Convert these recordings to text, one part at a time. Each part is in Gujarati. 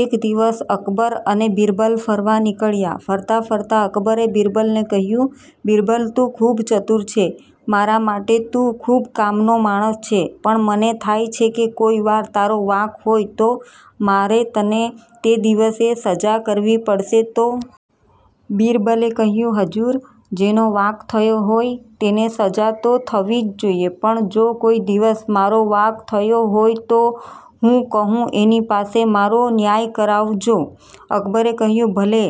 એક દિવસ અકબર અને બીરબલ ફરવા નિકળ્યા. ફરતાં ફરતાં અકબરે બીરબલને કહ્યું, બીરબલ તું ખૂબ ચતુર છે. મારા માટે તું ખૂબ કામનો માણસ છે, પણ મને થાય છે કે કોઈ વાર તારો વાંક હોય તો, મારે તને તે દિવસે સજા કરવી પડશે તો? બીરબલે કહ્યું, હજુર! જેનો વાંક થયો હોય તેને સજા તો થવી જ જોઇએ. પણ જો કોઈ દિવસ મારો વાંક થયો હોય તો હું કહું એની પાસે મારો ન્યાય કરાવજો. અકબરે કહ્યું, ભલે.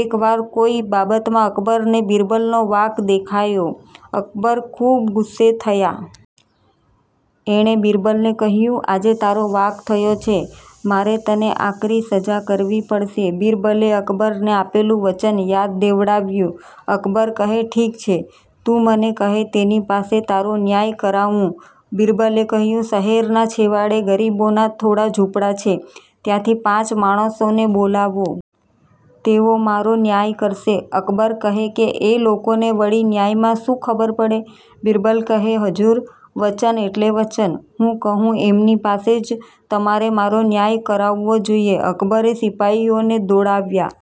એક વાર કોઈ બાબતમાં અકબરને બીરબલનો વાંક દેખાયો, અકબર ખૂબ ગુસ્સે થયાં. એણે બીરબલને કહ્યું આજે તારો વાંક થયો છે. મારે તને આકરી સજા કરવી પડશે. બીરબલે અકબરને આપેલું વચન યાદ દેવડાવ્યું. અકબર કહે ઠીક છે, તું મને કહે તેની પાસે તારો ન્યાય કરાવું. બીરબલે કહ્યું શહેરનાં છેવાડે ગરીબોના થોડા ઝુંપડા છે ત્યાંથી પાંચ માણસોને બોલાવો. તેઓ મારો ન્યાય કરશે. અકબર કહે કે એ લોકોને વળી ન્યાયમાં શું ખબર પડે? બીરબલ કહે, હજુર! વચન એટલે વચન. હું કહું એમની પાસે જ તમારે મારો ન્યાય કરાવવો જોઈએ. અકબરે સિપાઈઓને દોડાવ્યાં.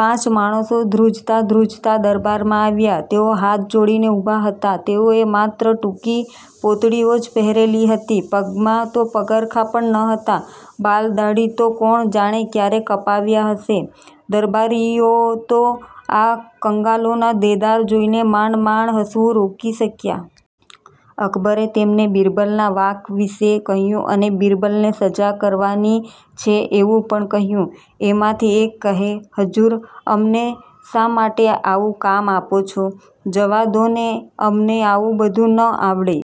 પાંચ માણસો ધ્રૂજતા ધ્રૂજતા દરબારમાં આવ્યાં. તેઓ હાથ જોડીને ઉભા હતા. તેઓએ માત્ર ટૂંકી પોતડીઓ જ પહેરેલી હતી. પગમાં તો પગરખા પણ ન હતાં. બાલ-દાઢી તો કોણ જાણે ક્યારે કપાવ્યાં હશે! દરબારીઓ તો આ કંગાલોના દેદાર જોઈને માંડ માંડ હસવું રોકી શકયાં. અકબરે તેમને બીરબલનાં વાંક વિશે કહ્યું અને બીરબલને સજા કરવાની છે એવું પણ કહ્યું. એમાંથી એક કહે, હજૂર અમને શા માટે આવું કામ આપો છો? જવા દો ને, અમને આવું બધું ન આવડે.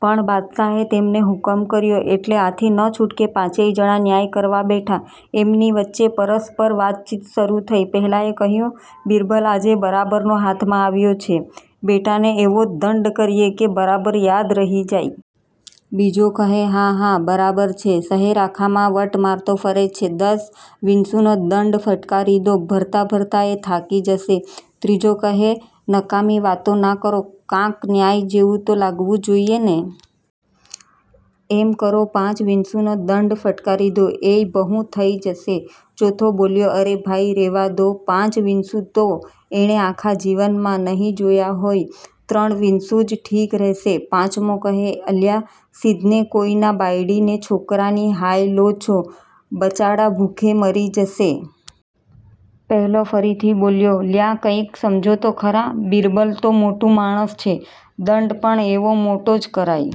પણ બાદશાહે તેમને હુકમ કર્યોં એટલે આથી નછૂટકે પાંચેય જણા ન્યાય કરવાં બેઠાં. એમની વચ્ચે પરસ્પર વાતચીત શરૂ થઈ. પહેલાએ કહ્યું- બીરબલ આજે બરાબરનો હાથમાં આવ્યો છે, બેટાને એવો દંડ કરીએ કે બરાબર યાદ રહી જાય! બીજો કહે હા, હા, બરાબર છે, શહેર આખામાં વટ મારતો ફરે છે, દસ વીશુંનો દંડ ફટકારી દો. ભરતાં ભરતાં એ થાકી જશે. ત્રીજો કહે, નકામી વાતો ના કરો, કાંક ન્યાય જેવું તો લાગવું જોઈએ ને? એમ કરો, પાંચ વીશુંનો દંડ ફટકારી દો. એય બહુ થઈ જશે. ચોથો બોલ્યો અરે ભાઇ રે'વા દો, પાંચ વીશું તો એણે આખા જીવનમાં નહીં જોયા હોય. ત્રણ વીશું જ ઠીક રહેશે. પાંચમો કહે, અલ્યાં શીદને કોઈના બાયડી ને છોકરાની હાય લો છો, બચાડા ભૂખે મરી જશે. પહેલો ફરીથી બોલ્યો લ્યાં કંઈક સમજો તો ખરા! બીરબલ તો મોટું માણસ છે, દંડ પણ એવો મોટો જ કરાય